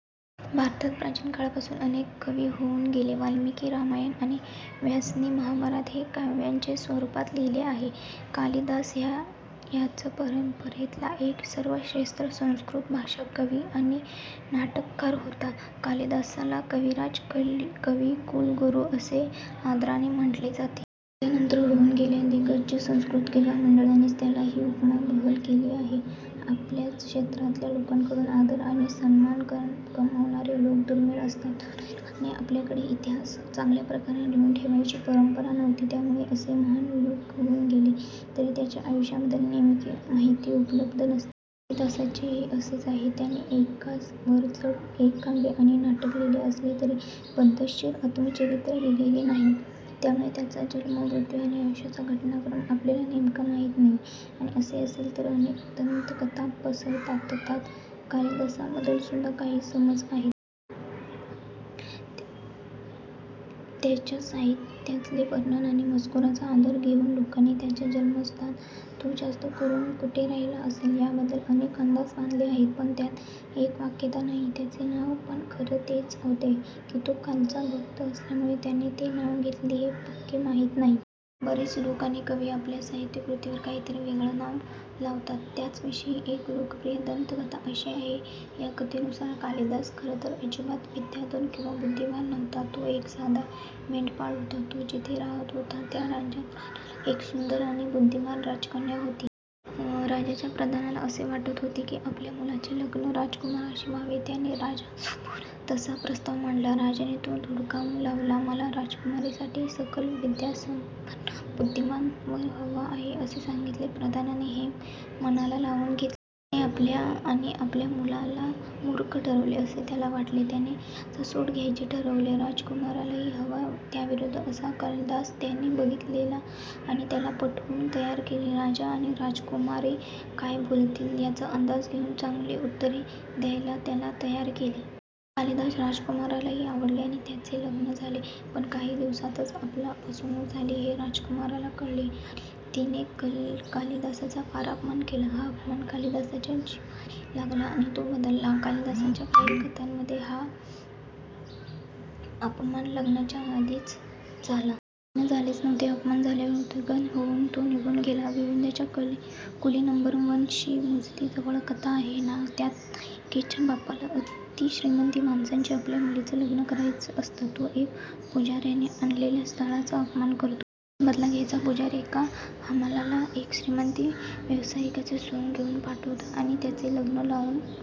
भारतात प्राचीन काळापासून अनेक कवी होऊन गेले. वाल्मिकींनी रामायण आणि व्यासांनी महाभारत हे काव्याच्याच स्वरूपात लिहिलं आहे. कालिदास हा याच परंपरेतला एक सर्वश्रेष्ठ संस्कृत भाषक कवी आणि नाटककार होता. कालिदासाला कविराज, कविकुलगुरू असे आदराने म्हटले जाते. त्याच्यानंतर होऊन गेलेल्या दिग्गज संस्कृत कवी मंडळींनीच त्याला हि उपमा बहाल केली आहे. आपल्याच क्षेत्रातल्या लोकांकडून आदर आणि सन्मान कमावणारे लोक दुर्मिळ असतात. दुर्दैवाने आपल्याकडे इतिहास चांगल्याप्रकारे लिहून ठेवण्याची परंपरा नव्हती. त्यामुळे असे महान लोक होऊन गेले तरी त्यांच्या आयुष्याबद्दल नेमकी माहिती उपलब्ध नसते. कालिदासाचेही असेच आहे. त्याने एकास वरचढ एक काव्ये आणि नाटक लिहिले असले तरी पद्धतशीर आत्मचरित्र लिहिले नाही. त्यामुळे त्याचा जन्म मृत्यू आणि आयुष्याचा घटनाक्रम आपल्याला नेमका माहित नाही आणि असे असेल तर अनेक दंतकथा पसरतात तशाच कालिदासाबद्दल सुद्धा काही समज आहेत. त्याच्याच साहित्यातले वर्णन आणि मजकुराचा आधार घेऊन लोकांनी त्याचे जन्मस्थान, तो जास्त करून कुठे राहिला असेल याबद्दल अनेक अंदाज बांधले आहेत पण त्यात एकवाक्यता नाही. त्याचे नाव पण खरे तेच होते कि तो कालीचा भक्त असल्यामुळे त्याने ते नाव घेतले हे पक्के माहित नाही. बरेच लेखक आणि कवी आपल्या साहित्यकृतींवर काहीतरी वेगळे नाव लावतात. त्याच्याविषयी एक लोकप्रिय दंतकथा अशी आहे. या कथेनुसार कालिदास खरं तर अजिबात विद्वान किंवा बुद्धिमान नव्हता. तो एक साधा मेंढपाळ होता. तो जिथे राहत होता त्या राज्यात राजाला एक सुंदर आणि बुद्धिमान राजकन्या होती. राजाच्या प्रधानाला असे वाटत होते कि आपल्या मुलाचे लग्न राजकुमारीशी व्हावे. त्याने राजासमोर तसा प्रस्ताव मांडला. राजाने तो धुडकावुन लावला. मला राजकुमारीसाठी सकल विद्यासंपन्न बुद्धिमान वर हवा आहे असे सांगितले. प्रधानाने हे मनाला लावुन घेतले. राजाने आपल्याला आणि आपल्या मुलाला मूर्ख ठरवले असे त्याला वाटले. त्याने याचा सूड घ्यायचे ठरवले. राजकुमारिला हवा त्याविरुद्ध असा कालिदास त्याने बघितला आणि त्याला पढवुन तयार केले. राजा आणि राजकुमारी काय बोलतील याचा अंदाज घेऊन चांगली उत्तरे द्यायला त्याला तयार केले. चक्क कालिदास राजकुमारिला आवडला आणि त्यांचे लग्न झाले. पण काही दिवसातच आपली फसवणुक झाली हे राजकुमारीला कळले आणि तिने कालिदासाचा फार अपमान केला. हा अपमान कालिदासाच्या जिव्हारी लागला आणि तो बदलला. कालिदासाच्या काही कथांमध्ये हा अपमान लग्नाच्या आधीच झाला. लग्न झालेच नव्हते. अपमान झाल्यावर उद्विग्न होऊन तो निघुन गेला. गोविंदाच्या कुली नंबर वन शी मिळतीजुळती कथा आहे ना? त्यात नायिकेच्या बापाला अतिश्रीमंत माणसाशी आपल्या मुलीचं लग्न करायचं असतं. तो एका पुजाऱ्याने आणलेल्या स्थळाचा अपमान करतो. अपमानाचा बदला घ्यायला पुजारी एका हमालाला एक श्रीमंत व्यावसायिकाचं सोंग घेऊन पाठवतो आणि त्यांचं लग्न लावुन